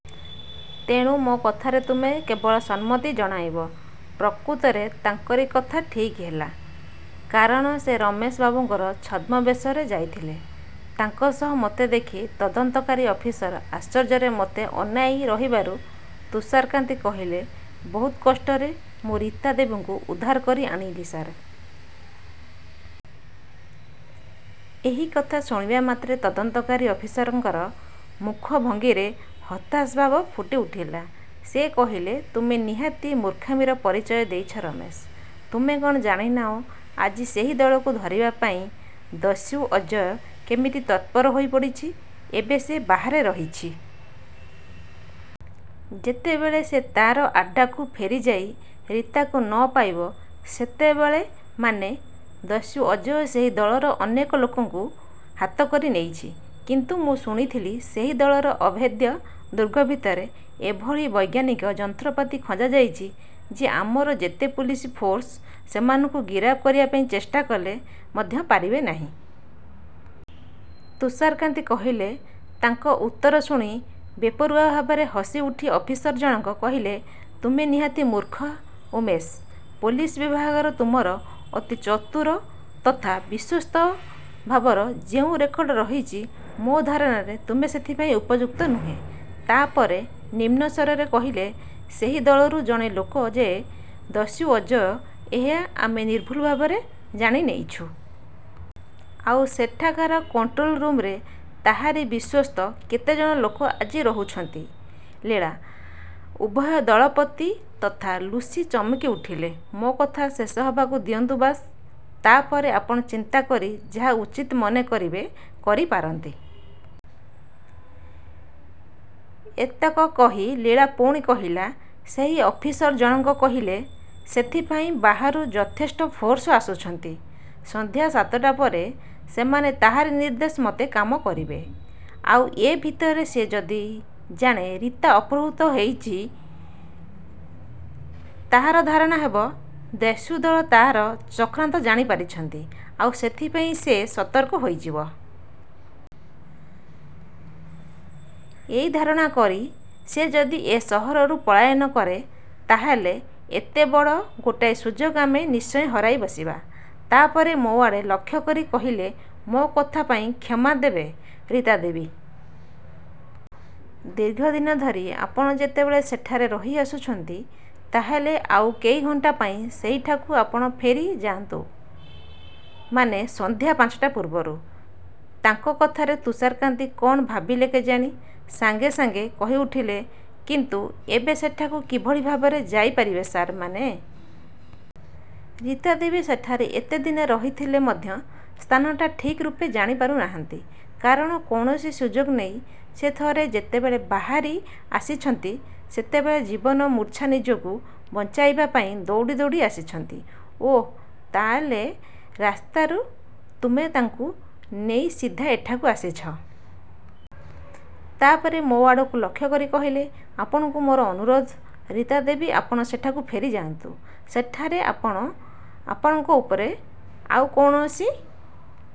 ତେଣୁ ମୋ କଥାରେ ତୁମେ କେବଳ ସମ୍ମତି ଜଣାଇବ। ପ୍ରକୃତରେ ତାଙ୍କରି କଥା ଠିକ୍ ହେଲା। କାରଣ ସେ ରମେଶ ବାବୁଙ୍କର ଛଦ୍ମବେଶରେ ଯାଇଥିଲେ। ତାଙ୍କ ସହ ମୋତେ ଦେଖି ତଦନ୍ତକାରୀ ଅଫିସର ଆଶ୍ଚର୍ଯ୍ୟରେ ମୋତେ ଅନାଇ ରହିବାରୁ ତୁଷାରକାନ୍ତି କହିଲେ ବହୁତ କଷ୍ଟରେ ମୁଁ ରୀତା ଦେବୀଙ୍କୁ ଉଦ୍ଧାର କରି ଆଣିଲି ସାର୍। ଏହି କଥା ଶୁଣିବା ମାତ୍ରେ ତଦନ୍ତକାରୀ ଅଫିସରଙ୍କର ମୁଖଭଙ୍ଗୀରେ ହତାଶଭାବ ଫୁଟିଉଠିଲା। ସେ କହିଲେ ତୁମେ ନିହାତି ମୂର୍ଖାମିର ପରିଚୟ ଦେଇଛ ରମେଶ। ତୁମେ କ’ଣ ଜାଣିନାହଁ ଆଜି ସେହି ଦଳକୁ ଧରିବା ପାଇଁ ଦସ୍ୟୁ ଅଜୟ କେମିତି ତତ୍ପର ହୋଇପଡ଼ିଛି? ଏବେ ସେ ବାହାରେ ରହିଛି। ଯେତେବେଳେ ସେ ତା’ର ଆଡ଼୍ଡାକୁ ଫେରିଯାଇ ରୀତାକୁ ନ ପାଇବ ସେତେବେଳେ ମାନେ? ଦସ୍ୟୁ ଅଜୟ ସେହି ଦଳର ଅନେକ ଲୋକଙ୍କୁ ହାତକରି ନେଇଛି। କିନ୍ତୁ ମୁଁ ଶୁଣୁଥିଲି ସେହି ଦଳର ଅଭେଦ୍ୟ ଦୁର୍ଗ ଭିତରେ ଏଭଳି ବୈଜ୍ଞାନିକ ଯନ୍ତ୍ରପାତି ଖଞ୍ଜାଯାଇଛି ଯେ ଆମର ଯେତେ ପୋଲିସ ଫୋର୍ସ ସେମାନଙ୍କୁ ଗିରଫ କରିବା ପାଇଁ ଚେଷ୍ଟା କଲେ ମଧ୍ୟ ପାରିବେ ନାହିଁ। ତୁଷାରକାନ୍ତି କହିଲେ। ତାଙ୍କ ଉତ୍ତର ଶୁଣି ବେପରୁଆ ଭାବରେ ହସିଉଠି ଅଫିସର ଜଣକ କହିଲେ ତୁମେ ନିହାତି ମୂର୍ଖ ଉମେଶ! ପୋଲିସ ବିଭାଗରେ ତୁମର ଅତି ଚତୁର ତଥା ବିଶ୍ୱସ୍ତ ଭାବର ଯେଉଁ ରେକର୍ଡ ରହିଛି ମୋ ଧାରଣାରେ ତୁମେ ସେଥିପାଇଁ ଉପଯୁକ୍ତ ନୁହଁ। ତା’ ପରେ ନିମ୍ନ ସ୍ୱରରେ କହିଲେ ସେହି ଦଳରୁ ଜଣେ ଲୋକ ଯେ ଦସ୍ୟୁ ଅଜୟ ଏହା ଆମେ ନିର୍ଭୁଲ ଭାବରେ ଜାଣିନେଇଛୁ। ଆଉ ସେଠାକାର କଣ୍ଟ୍ରୋଲ୍ ରୁମ୍‌ରେ ତାହାରି ବିଶ୍ୱସ୍ତ କେତେ ଜଣ ଲୋକ ଆଜି ରହୁଛନ୍ତି। ଲୀଳା! ଉଭୟ ଦଳପତି ତଥା ଲୁସି ଚମକିଉଠିଲେ। ମୋ କଥା ଶେଷ ହେବାକୁ ଦିଅନ୍ତୁ ବସ୍। ତା’ ପରେ ଆପଣ ଚିନ୍ତା କରି ଯାହା ଉଚିତ୍ ମନେ କରିବେ କରିପାରନ୍ତି। ଏତକ କହି ଲୀଳା ପୁଣି କହିଲା ସେହି ଅଫିସର ଜଣକ କହିଲେ ସେଥିପାଇଁ ବାହାରୁ ଯଥେଷ୍ଟ ଫୋର୍ସ ଆସୁଛନ୍ତି। ସନ୍ଧ୍ୟା ସାତଟା ପରେ ସେମାନେ ତାହାରି ନିର୍ଦ୍ଦେଶ ମତେ କାମ କରିବେ। ଆଉ ଏ ଭିତରେ ସେ ଯଦି ଜାଣେ ରୀତା ଅପହୃତ ହୋଇଛି ତାହାର ଧାରଣା ହେବ ଦସ୍ୟୁଦଳ ତା’ର ଚକ୍ରାନ୍ତ ଜାଣିପାରିଛନ୍ତି ଆଉ ସେଥିପାଇଁ ସେ ସତର୍କ ହୋଇଯିବେ। ଏହି ଧାରଣା କରି ସେ ଯଦି ଏ ସହରରୁ ପଳାୟନ କରେ ତା’ ହେଲେ ଏତେ ବଡ଼ ଗୋଟାଏ ସୁଯୋଗ ଆମେ ନିଶ୍ଚୟ ହରାଇ ବସିବା। ତା’ ପରେ ମୋ ଆଡ଼େ ଲକ୍ଷ୍ୟ କରି କହିଲେ ମୋ କଥା ପାଇଁ କ୍ଷମା ଦେବେ ରୀତା ଦେବୀ। ଦୀର୍ଘଦିନ ଧରି ଆପଣ ଯେତେବେଳେ ସେଠାରେ ରହିଆସିଛନ୍ତି ତା’ ହେଲେ ଆଉ କେଇ ଘଣ୍ଟା ପାଇଁ ସେହିଠାକୁ ଆପଣ ଫେରିଯାଆନ୍ତୁ। ମାନେ ସନ୍ଧ୍ୟା ପାଞ୍ଚଟା ପୂର୍ବରୁ। ତାଙ୍କ କଥାରେ ତୁଷାରକାନ୍ତି କ’ଣ ଭାବିଲେ କେଜାଣି ସାଙ୍ଗେ ସାଙ୍ଗେ କହିଉଠିଲେ କିନ୍ତୁ ଏବେ ସେଠାକୁ କିଭଳି ଭାବରେ ଯାଇପାରିବେ ସାର୍ ମାନେ? ରୀତା ଦେବୀ ସେଠାରେ ଏତେ ଦିନ ରହିଥିଲେ ମଧ୍ୟ ସ୍ଥାନଟା ଠିକ୍ ରୂପେ ଜାଣିପାରୁନାହାନ୍ତି। କାରଣ କୌଣସି ସୁଯୋଗ ନେଇ ସେ ଥରେ ଯେତେବେଳେ ବାହାରି ଆସିଛନ୍ତି ସେତେବେଳେ ଜୀବନମୂର୍ଚ୍ଛା ନିଜକୁ ବଞ୍ଚାଇବା ପାଇଁ ଦୌଡ଼ି ଦୌଡ଼ି ଆସିଛନ୍ତି। ଓଃ ତା’ ହେଲେ ରାସ୍ତାରୁ ତୁମେ ତାଙ୍କୁ ନେଇ ସିଧା ଏଠାକୁ ଆସିଛ? ତା’ ପରେ ମୋ ଆଡ଼କୁ ଲକ୍ଷ୍ୟ କରି କହିଲେ ଆପଣଙ୍କୁ ମୋର ଅନୁରୋଧ ରୀତା ଦେବୀ ଆପଣ ସେଠାକୁ ଫେରିଯାଆନ୍ତୁ। ସେଠାରେ ଆପଣ ଆପଣଙ୍କ ଉପରେ ଆଉ କୌଣସି